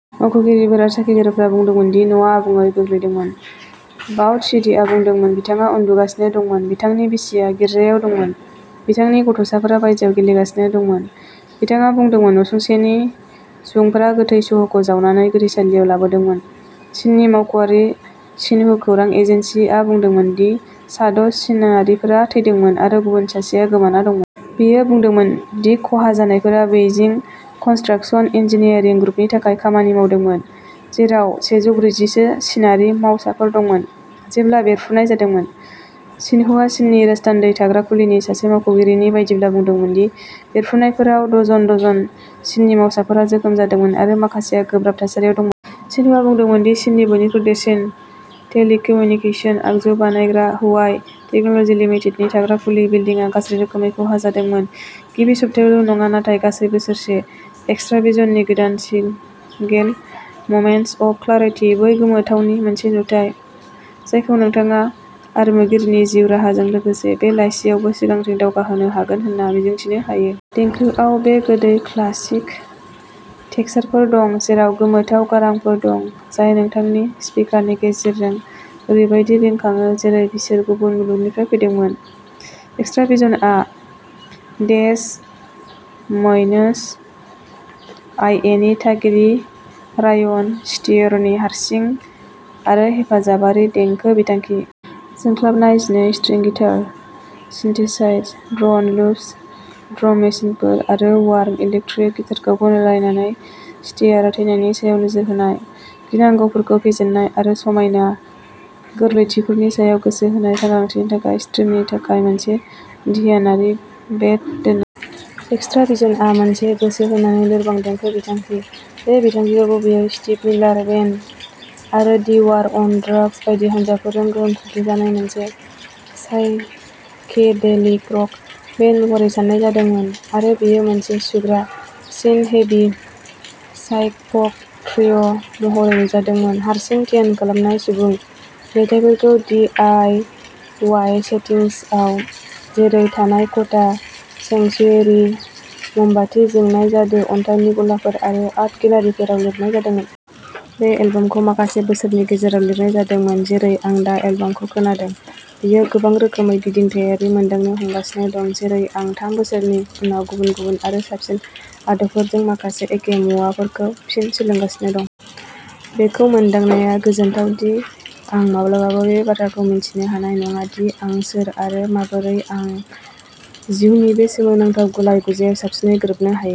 मावख'गिरिफोर आरो साखिगिरिफोरा बुंदोंमोन दि न'आ आबुङै गोग्लैदोंमोन। बाउत्सिंडीआ बुंदोंमोन, बिथाङा उन्दुगासिनो दंमोन। बिथांनि बिसिया गिर्जायाव दंमोन। बिथांनि गथ'साफोरा बायजोआव गेलेगासिनो दंमोन। बिथाङा बुंदोंमोन, "नसुंसेनि सुबुंफोरा गोथै सह'खौ जावनानै गोथैसालियाव लाबोदोंमोन।" चिननि मावख'आरि सिनहु खौरां एजेन्सिआ बुंदोंमोन दि सा द' चिनारिफोरा थैदोंमोन आरो गुबुन सासेआ गोमाना दंमोन। बेयो बुंदोंमोन दि खहा जानायफोरा बेइजिं कन्सट्राक्शन इन्जिनियारिं ग्रुपनि थाखाय खामानि मावदोंमोन, जेराव सेजौ ब्रैजि सो चिनारि मावसाफोर दंमोन जेब्ला बेरफ्रुनाय जादोंमोन। सिनहुआ चिननि राजथान्दै थाग्रा खुलिनि सासे मावख'गिरिनि बायदिब्ला बुंदोंमोन दि बेरफ्रुनायफोराव डजन-डजन चिननि मावसाफोरा जोखोम जादोंमोन आरो माखासेआ गोब्राब थासारियाव दंमोन। सिनहुआ बुंदोंमोन दि चीननि बयनिख्रुइ देरसिन टेलिकम्युनिकेशन आगजु बानायग्रा हुवाई टेक्न'ल'जि लिमिटेडनि थाग्रा खुलि बिल्दिंआ गाज्रि रोखोमै खहा जादोंमोन। गिबि सप्तायावल' नङा, नाथाय गासै बोसोरसे एक्सट्राभिजननि गोदान सिंगेल, "ममेन्ट्स अफ क्लेरिटि", बै गोमोथावनि मोनसे नुथाइ जायखौ नोंथाङा आरिमुगिरिनि जिउ राहाजों लोगोसे बे लाइसिआवबो सिगांथिं दावगाहोनो हागोन होनना मिजिंथिनो हायो। देंखोआव बे गोदै क्लासिक टेक्सचारफोर दं, जेराव गोमोथाव गारांफोर दं, जाय नोंथांनि स्पिकारनि गेजेरजों ओरैबायदि रिंखाङो जेरै बिसोर गुबुन मुलुगनिफ्राय फैदोंमोन। एक्सट्राभिजनआ डेस म'इनास, आइ ए नि थागिरि रायन स्टियर नि हारसिं आरो हेफाजाबारि देंखो बिथांखि। जोंख्लाबनाय जिनै string guitar, synthesized drone loops, drum मेसिनफोर, आरो वार्म इलेक्ट्रिक गिटारखौ गलायनानै, स्टियरआ थैनायनि सायाव नोजोर होनाय, गिनांगौफोरखौ फेजेननाय, आरो समायना गोरलैथिफोरनि सायाव गोसो होनाय सांग्रांथिनि थाखाय स्ट्रिमनि थाखाय मोनसे ध्यानारि बेड दोनो। एक्सट्राभिजनआ मोनसे गोसो होनानै लोरबां देंखो बिथांखि। बे बिथांखिखौ गुबैयै स्टीव मिलार बैंड आरो दि वार अन ड्रग्स बायदि हानजाफोरजों गोहोम खोख्लैजानाय मोनसे साइकेडेलिक रक बेन्ड महरै सान्नाय जादोंमोन आरो बेयो मोनसे सुग्रा, सिन्थ-हेभि साइकफ'क त्रिय' महरै नुजादोंमोन हारसिं ध्यान खालामनाय सुबुं मेथाइफोरखौ डि आइ वाइ सेटिंसआव जेरै थानाय खथा, सेंक्सुयेरि, मोमबाति जोंनाय जादु अन्थाइनि गलाफोर आरो आर्ट गेलारिफोराव लिरनाय जादोंमोन। बे एलबामखौ माखासे बोसोरनि गेजेराव लिरनाय जादोंमोन। जेरै आं दा एलबामखौ खोनादों, बेयो गोबां रोखोमै गिदिंथायारि मोनदांनो हमगासिनो दं। जेरै आं थाम बोसोरनि उनाव गुबुन-गुबुन आरो साबसिन आदबफोरजों माखासे एखे मुवाफोरखौ फिन सोलोंगासिनो दं। बेखौ मोनदांनाया गोजोनथाव दि आं माब्लाबाबो बे बाथ्राखौ मिन्थिनो हानाय नङा दि आं सोर आरो माबोरै आं जिउनि बे सोमोनांथाव गुलाय-गुजायाव साबसिनै गोरोबनो हायो।